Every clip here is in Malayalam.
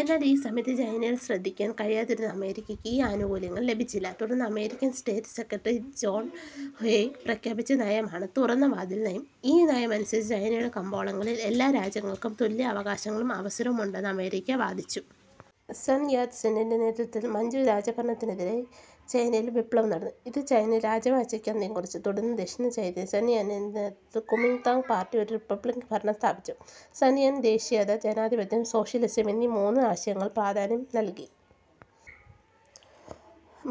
എന്നാൽ ഈ സമയത്ത് ചൈനയിൽ ശ്രദ്ധിക്കാൻ കഴിയാതിരുന്ന അമേരിക്കയ്ക്ക് ഈ ആനുകൂല്യങ്ങൾ ലഭിച്ചില്ല. തുടർന്ന് American state secretary John Hay പ്രഖ്യാപിച്ച നയമാണ് തുറന്ന വാതിൽ നയം. ഈ നയമനുസരിച്ച് ചൈനയുടെ കമ്പോളങ്ങളിൽ എല്ലാ രാജ്യങ്ങൾക്കും തുല്യ അവകാശവും അവസരവും ഉണ്ടെന്ന് അമേരിക്ക വാദിച്ചു. സൻ യാത് സെന്നിന്റെ നേതൃത്വത്തിൽ മഞ്ചു രാജഭരണത്തിനെരായി ചൈനയിൽ വിപ്ലവം നടന്നു. ഇത് ചൈനയിൽ രാജവാഴ്ചയ്ക്ക് അന്ത്യം കുറിച്ചു. തുടർന്ന് ദക്ഷിണ ചൈനയിൽ സൻയാന്നിന്റെ നേതൃത്വത്തിൽ കുമി താങ് പാർട്ടി ഒരു റിപ്പബ്ലിക്കൻ ഭരണം സ്ഥാപിച്ചു. സൻയാൻ ദേശീയത, ജനാധിപത്യം, സോഷ്യലിസം എന്നീ മൂന്ന് ആശയങ്ങൾക്ക് പ്രാധാന്യം നൽകി.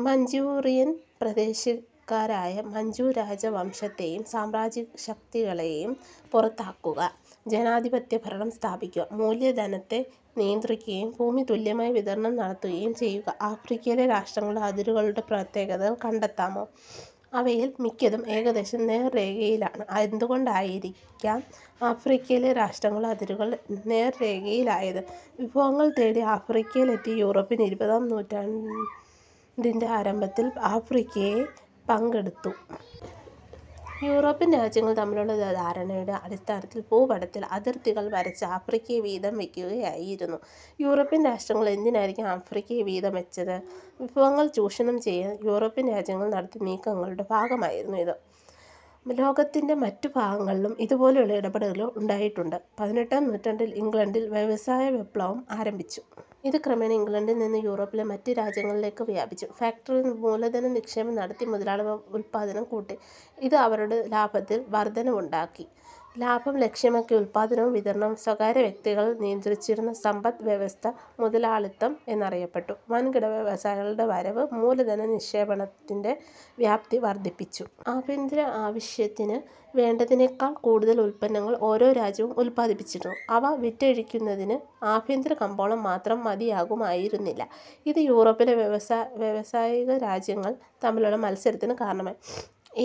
മഞ്ചൂറിയൻ പ്രദേശക്കാരായ മഞ്ചു രാജ വംശ ത്തെയും സാമ്രാജ്യശക്തികളെയും പുറത്താക്കുക. ജനാധിപത്യഭരണം സ്ഥാപിക്കുക. മൂലധനത്തെ നിയന്ത്രിക്കുകയും ഭൂമി തുല്യമായി വിതരണം നടത്തുകയും ചെയ്യുക. ആഫ്രിക്കയിലെ രാഷ്ട്രങ്ങളുടെ അതിരുകളുടെ പ്രത്യേകതകൾ കണ്ടെത്താമോ? അവയിൽ മിക്കതും ഏകദേശം നേർരേഖയിലാണ്. എന്തുകൊണ്ടായിരിക്കാം ആഫ്രിക്കയിലെ രാഷ്ട്രങ്ങളുടെ അതിരുകൾ നേർരേഖയിലായത്? വിഭവങ്ങൾ തേടി ആഫ്രിക്കയിൽ എത്തിയ യൂറോപ്യർ ഇരുപതാം നൂറ്റാണ്ടിന്റെ ആരംഭത്തിൽ ആഫ്രിക്കയെ പങ്കെടുത്തു. യൂറോപ്യൻ രാജ്യങ്ങൾ തമ്മിലുള്ള ധാരണയുടെ അടിസ്ഥാനത്തിൽ ഭൂപടത്തിൽ അതിർത്തികൾ വരച്ച് ആഫ്രിക്കയെ വീതം വയ്ക്കുകയായിരുന്നു. യൂറോപ്യൻ രാഷ്ട്രങ്ങൾ എന്തിനായിരിക്കാം ആഫ്രിക്കയെ വീതം വച്ചത്? വിഭവങ്ങൾ ചൂഷണം ചെയ്യാൻ യൂറോപ്യൻ രാജ്യങ്ങൾ നടത്തിയ നീക്കങ്ങളുടെ ഭാഗമായിരുന്നു ഇത്. ലോകത്തിന്റെ മറ്റു ഭാഗങ്ങളിലും ഇതുപോലുള്ള ഇടപെടലുകൾ ഉണ്ടായിട്ടുണ്ട്. പതിനെട്ടാം നൂറ്റാണ്ടിൽ ഇംഗ്ലണ്ടിൽ വ്യവസായ വിപ്ലവം ആരംഭിച്ചു. ഇത് ക്രമേണ ഇംഗ്ലണ്ടിൽ നിന്നു യൂറോപ്പിലെ മറ്റു രാജ്യങ്ങളിലേക്ക് വ്യാപിച്ചു. ഫാക്ടറികളിൽ മൂലധനനിക്ഷേപം നടത്തി മുതലാളിമാർ ഉൽപ്പാദനം കൂട്ടി. ഇത് അവരുടെ ലാഭത്തിൽ വർധനവുണ്ടാക്കി. ലാഭം ലക്ഷ്യമാക്കി ഉൽപ്പാദനവും വിതരണവും സ്വകാര്യവ്യക്തികൾ നിയന്ത്രിച്ചിരുന്ന സമ്പദ് വ്യവസ്ഥ മുതലാളിത്തം എന്നറിയപ്പെട്ടു. വൻകിട വ്യവസായങ്ങളുടെ വരവ് മൂലധന നിക്ഷേപത്തിന്റെ വ്യാപ്തി വർധിപ്പിച്ചു. ആഭ്യന്തര ആവശ്യത്തിന് വേണ്ടതിനേക്കാൾ കൂടുതൽ ഉൽപ്പന്നങ്ങൾ ഓരോ രാജ്യവും ഉൽപാദിപ്പിച്ചിരുന്നു. അവ വിറ്റഴിക്കുന്നതിന് ആഭ്യന്തരകമ്പോളം മാത്രം മതിയാകുമായിരുന്നില്ല. ഇത് യൂറോപ്പിലെ വ്യാവസായികരാജ്യങ്ങൾ തമ്മിലുള്ള മത്സരത്തിന് കാരണമായി.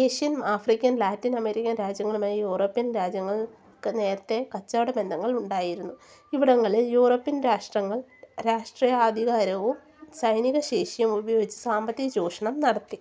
ഏഷ്യൻ, ആഫ്രിക്കൻ, ലാറ്റിനമേരിക്കൻ രാജ്യങ്ങളുമായി യൂറോപ്യൻ രാജ്യങ്ങൾക്ക് നേരത്തേ കച്ചവടബന്ധങ്ങൾ ഉണ്ടായിരുന്നു. ഇവിടങ്ങളിൽ യൂറോപ്യൻ രാഷ്ട്രങ്ങൾ രാഷ്ട്രീയാധികാരവും സൈനി കശേഷിയും ഉപയോഗിച്ച് സാമ്പത്തികചൂഷണം നടത്തി.